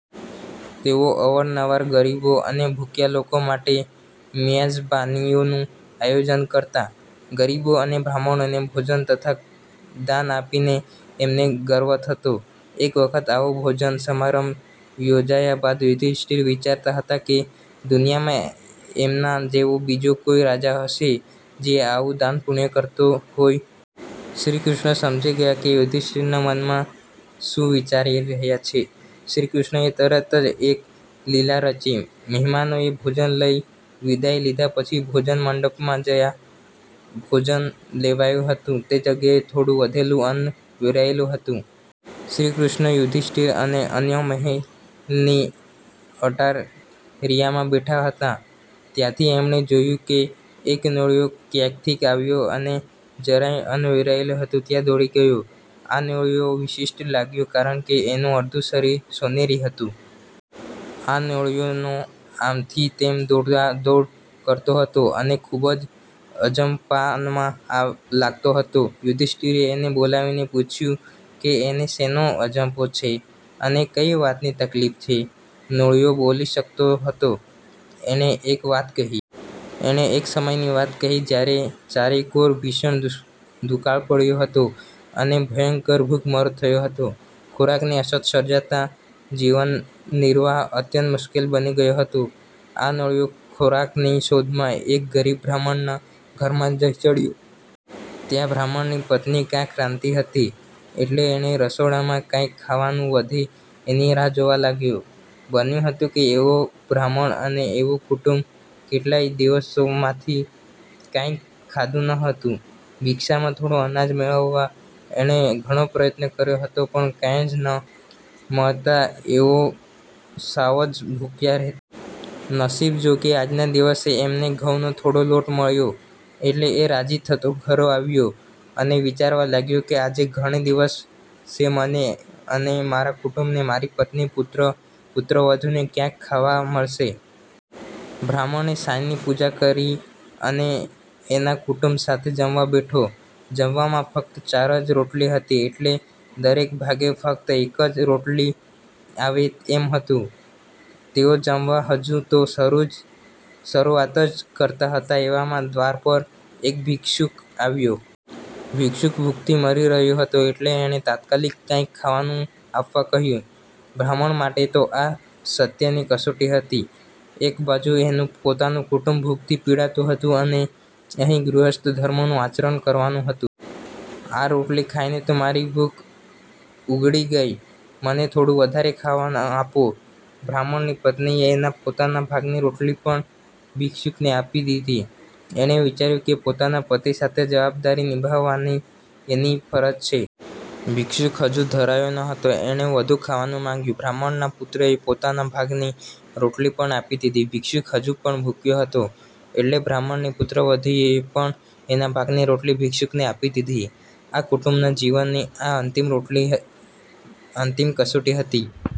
તેઓ અવારનવાર ગરીબો અને ભૂખ્યા લોકો માટે મિજબાનીઓનું આયોજન કરતા. ગરીબો અને બ્રાહ્મણોને ભોજન તથા દાન આપીને એમને ગર્વ થતો. એક વખત આવો ભોજન સમારંભ યોજયા બાદ યુધિષ્ઠિર વિચારતા હતા કે દુનિયામાં એમના જેવો બીજો કોઈ રાજા હશે જે આવું દાનપૂણ્ય કરતો હોય? શ્રીકૃષ્ણ સમજી ગયા કે યુધિષ્ઠિર મનમાં શું વિચારી રહ્યા છે. શ્રીકૃષ્ણએ તરત જ એક લીલા રચી! મહેમાનોએ ભોજન લઇ વિદાઈ લીધી પછી ભોજનમંડપમાં જયાં ભોજન લેવાયું હતું તે જગ્યાએ થોડું વધેલું અન્ન વેરાયેલું હતું. શ્રીકૃષ્ણ, યુધિષ્ઠિર અને અન્યો મહેલની અટારીમાં બેઠા હતા ત્યાંથી એમણે જોયું કે એક નોળિયો ક્યાંકથી આવ્યો અને જયાં અન્ન વેરાયેલું હતું ત્યાં દોડી ગયો. આ નોળિયો વિશિષ્ઠ લાગ્યો કારણકે એનું અડધું શરીર સોનેરી હતું! આ નોળિયો આમ થી તેમ દોડાદોડી કરતો હતો અને ખુબ જ અજંપામાં લાગતો હતો. યુધિષ્ઠિરે એને બોલાવીને પૂછ્યું કે એને શેનો અજંપો છે અને કઈ વાતની તકલીફ છે? નોળિયો બોલી શકતો હતો. એણે એક વાત કહી. એણે એક સમયની વાત કહી જયારે ચારેકોર ભીષણ દુકાળ પડ્યો હતો અને ભયંકર ભૂખમરો થયો હતો. ખોરાકની અછત સર્જાતાં જીવનનિર્વાહ અત્યંત મુશ્કેલ બની ગયો હતો. આ નોળિયો ખોરાકની શોધમાં એક ગરીબ બ્રાહ્મણના ઘરમાં જઈ ચડ્યો. ત્યાં બ્રાહ્મણની પત્ની કાંઇક રાંધતી હતી એટલે એ રસોડામાં કાંઇક ખાવાનું વધે એની રાહ જોવા લાગ્યો. બન્યું હતું એવું કે બ્રાહ્મણ અને એના કુટુંબે કેટલાય દિવસોથી કાંઈ જ ખાધું નહોતું. ભિક્ષામાં થોડું અનાજ મેળવવા એણે ઘણો પ્રયત્ન કર્યો હતો પણ કાંઈ જ ન મળતાં તેઓ સાવ જ ભૂખ્યા રહેતા. નસીબ જોગે આજના દિવસે એને ઘઉંનો થોડો લોટ મળ્યો એટલે એ રાજી થતો ઘરે આવ્યો અને વિચારવા લાગ્યો કે આજે ઘણે દિવસે મને અને મારા કુટુંબને મારી પત્ની, પુત્ર, પુત્રવધૂ ને કાંઈક ખાવા મળશે. બ્રાહ્મણે સાંજની પૂજા કરી અને એના કુટુંબ સાથે જમવા બેઠો. જમવામાં ફક્ત ચાર જ રોટલી હતી એટલે દરેકને ભાગે ફક્ત એક જ રોટલી આવે એમ હતું! તેઓ જમવાની હજુ તો શરૂઆત જ કરતા હતા એવામાં દ્વાર પર એક ભિક્ષુક આવ્યો. ભિક્ષુક ભૂખથી મરી રહ્યો હતો એટલે એણે તાત્કાલિક કાંઇક ખાવાનું આપવા કહ્યું. બ્રાહ્મણ માટે તો આ સત્યની કસોટી હતી! એક બાજુ એનું પોતાનું કુટુંબ ભૂખથી પીડાતું હતું અને અહીં ગૃહસ્થ ધર્મનું આચરણ કરવાનું હતું! આ રોટલી ખાઈને તો મારી ભૂખ ઉઘડી ગઈ. મને થોડું વધારે ખાવા આપો". બ્રાહ્મણની પત્નીએ એના પોતાના ભાગની રોટલી પણ ભિક્ષુકને આપી દીધી. એણે વિચાર્યું કે પોતાના પતિ સાથે જવાબદારી નિભાવવાની એની ફરજ હતી. ભિક્ષુક હજુ ધરાયો નહોતો. એણે વધુ ખાવાનું માંગ્યું. બ્રાહ્મણના પુત્રએ પોતાના ભાગની રોટલી પણ આપી દીધી. ભિક્ષુક હજુ પણ ભૂખ્યો હતો એટલે બ્રાહ્મણની પુત્રવધૂએ પણ એના ભાગની રોટલી ભિક્ષુકને આપી દીધી. આ કુટુંબના જીવનની આ અંતિમ કસોટી હતી.